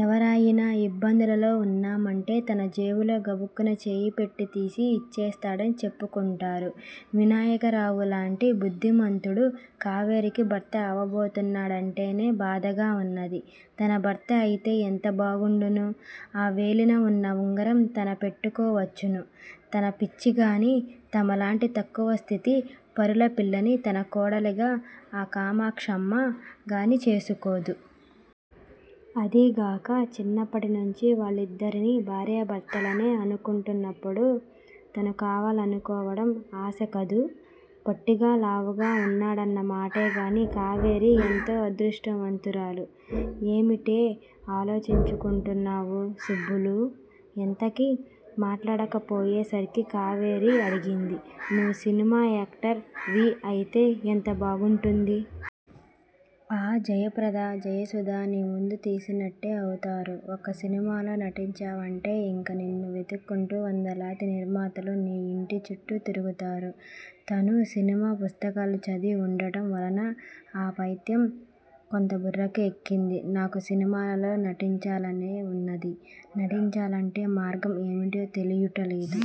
ఎవరయినా యిబ్బందులలో వున్నామంటే తన జేబులో గబుక్కున చెయ్యి పెట్టి తీసి యిచ్చేస్తాడని చెప్పుకుంటారు. వినాయకరావులాంటి బుద్దిమంతుడు కావేరికి భర్త అవబోతున్నాడంటేనే బాధగా వున్నది. తన భర్త అయితే ఎంత బాగుండును? ఆ వేలినవున్న ఉంగరం తను పెట్టుకోవచ్చును. తన పిచ్చి గానీ! తమలాంటి తక్కువ స్థితి పరుల పిల్లని తన కోడలిగా ఆ కామాక్షమ్మ గానీ చేసుకోదు! అదీ గాక చిన్నప్పటి నుంచీ వాళ్ళిద్దరినీ భార్యా భర్తలనే అనుకుంటున్నప్పుడు తను కావాలనుకోవటం ఆశ కదూ? పొట్టిగా లావుగా వున్నాడన్నమాటే గాని కావేరి ఎంతో అదృష్టవంతురాలు. ఏమిటే ఆలోచించుకుంటున్నావు సుబ్బులూ? ఎంతకీ మాట్లాడకపోయే సరికి కావేరి అడిగింది. నువ్వు సినిమా యాక్టర్ వి అయితే ఎంత బాగుంటుంది? ఆ జయప్రద-జయసుధ నీముందు తీసినట్టే అవుతారు. ఒక్క సినిమాలో నటించావంటే యింక నిన్ను వెతుక్కుంటూ వందలాది నిర్మాతలు నీ యింటి చుట్టూ తిరుగుతారు. తనూ సినిమా పుస్తకాలు చదివి వుండటం వలన ఆపైత్యం కొంత బుర్రకి ఎక్కింది. నాకు సినిమాలలో నటించాలనే వున్నది. నటించాలంటే మార్గం ఏమిటో తెలియుట లేదు.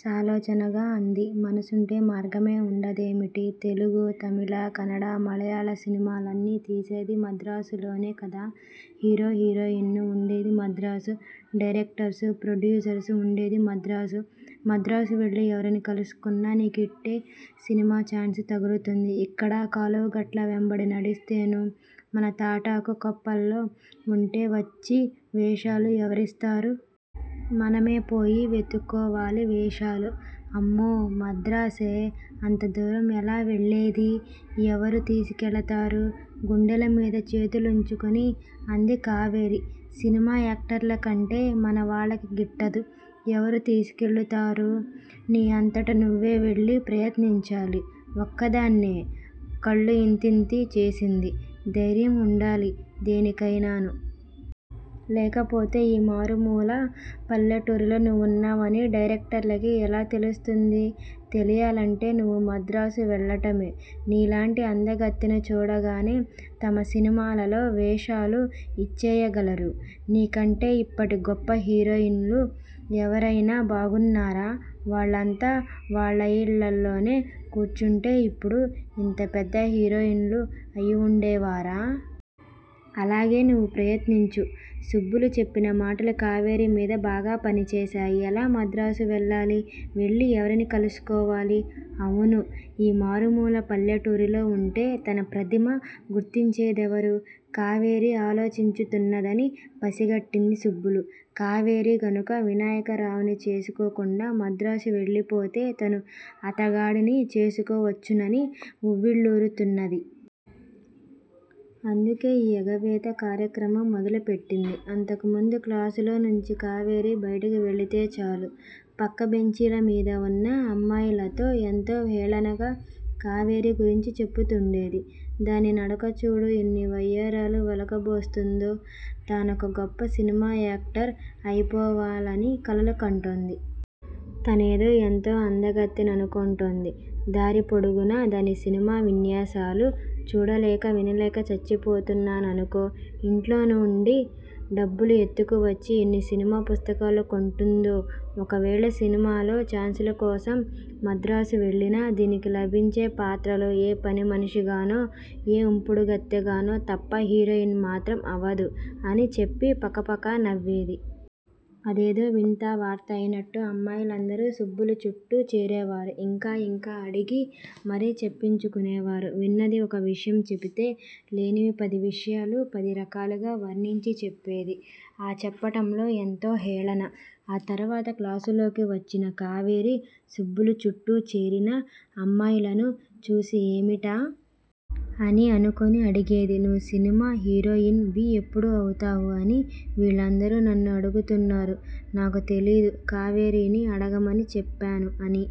సాలోచనగా అంది. మనసుంటే మార్గమే వుండదేమిటి? తెలుగు, తమిళ, కన్నడ, మళయాళ సినిమాలన్నీ తీసేది మద్రాసులోనే కదా? హీరో, హీరోయిన్ను వుండేది మద్రాసు. డైరెక్టర్సు, ప్రొడ్యూసర్సు వుండేది మద్రాసు! మద్రాసు వెళ్ళి ఎవరిని కలుసుకున్నా నీకు యిట్టే సినిమా ఛాన్సు తగులుతుంది. యిక్కడ కాలువగట్ల వెంబడి నడిస్తేను-మన తాటాకు కొంపల్లో వుంటే వచ్చి వేషాలు ఎవరిస్తారు? మనమే పోయి వెతుక్కోవాలి వేషాలు! అమ్మో! మద్రాసే? అంత దూరం ఎలా వెళ్లేది? ఎవరు తీసుకెళ్ళతారు? గుండెలమీద చేతులుంచుకుని అంది కావేరి. సినిమా యాక్టర్లంటే మన వాళ్ళకి గిట్టదు ఎవరు తీసుకెళ్ళుతారు? నీ అంతట నువ్వే వెళ్ళి ప్రయత్నించాలి! ఒక్కదాన్నే? కళ్ళు యింతింతి చేసింది. ధైర్యం వుండాలి దేనికయినాను! లేకపోతే ఈ మారుమూల పల్లెటూరిలో నువ్వున్నావని డైరెక్టర్లకి ఎలా తెలుస్తుంది? తెలియాలంటే నువ్వు మద్రాసు వెళ్ళటమే! నీలాంటి అందగత్తెను చూడగానే తమ సినిమాలలో వేషాలు యిచ్చేయగలరు? నీకంటే యిప్పటి గొప్ప హీరోయిన్ లు ఎవరయినా బాగున్నారా? వాళ్ళంతా వాళ్ళయిళ్ళల్లోనే కూర్చుంటే యిప్పుడు యింత పెద్ద హీరోయిన్ లు అయివుండే వారా? అలాగే నువ్వు ప్రయత్నించు! సుబ్బులు చెప్పిన మాటలు కావేరి మీద బాగా పనిచేశాయి. ఎలా మద్రాసు వెళ్ళాలి? వెళ్ళి ఎవరిని కలుసుకోవాలి? అవునూ! ఈ మారుమూల పల్లెటూరిలో వుంటే తన ప్రతిమ గుర్తించేదెవరు? కావేరి ఆలోచించుతున్నదని పసిగట్టింది సుబ్బులు! కావేరి కనుక వినాయకరావుని చేసుకోకుండా మద్రాసు వెళ్ళిపోతే తను అతగాడిని చేసుకోవచ్చునని ఉవ్విళ్ళూరుతున్నది. అందుకే ఈ ఎగవేత కార్యక్రమం మొదలుపెట్టింది. అంతకుముందు క్లాసులో నుంచి కావేరి బైటికి వెళ్ళితే చాలు! పక్క బెంచీల మీద వున్న అమ్మాయిలతో ఎంతో హేళనగా కావేరి గురించి చెప్పుతుండేది! దాని నడక చూడు? ఎన్ని వయ్యారాలు వలుకబోస్తుందో? తానొక గొప్ప సినిమా యాక్టర్ అయిపోవాలని కలలు కంటోంది. తనేదో ఎంతో అందగత్తెననుకుంటోంది దారి పొడుగునా దాని సినిమా విన్యాసాలు చూడలేక వినలేక చచ్చిపోతున్నాననుకో! యింట్లో నుండి డబ్బులు ఎత్తుకు వచ్చి ఎన్ని సినిమా పుస్తకాలు కొంటుందో? ఒకవేళ సినిమాలో చాన్సుల కోసం మద్రాసు వెళ్ళినా దీనికి లభించే పాత్రలు ఏ పని మనిషిగానో? ఏ ఉంపుడుకత్తెగానో తప్ప హీరోయిన్ మాత్రం అవదు అని చెప్పి పక పకా నవ్వేది! అదేదో విన్త వార్త అయినట్టు అమ్మాయిలందరూ సుబ్బులు చుట్టూ చేరేవారు. యింకా యింకా అడిగి మరి చెప్పించుకునేవారు. విన్నది ఒక విషయం చెప్పితే లేనివి పది విషయాలు పది రకాలుగా వర్ణించి చెప్పేది. ఆ చెప్పటంలో ఎంతో హేళన! ఆ తరువాత క్లాసులోకి వచ్చిన కావేరి సుబ్బులు చుట్టూ చేరినా అమ్మాయిలను చూసి ఏమిటా? అని అనుకుని అడిగేది! నువ్వు సినిమా హీరోయిన్ వి ఎప్పుడు అవుతావు? అని వీళ్ళందరూ నన్ను అడుగుతున్నారు నాకు తెలియదు! కావేరినీ అడగమని చెప్పాను! అని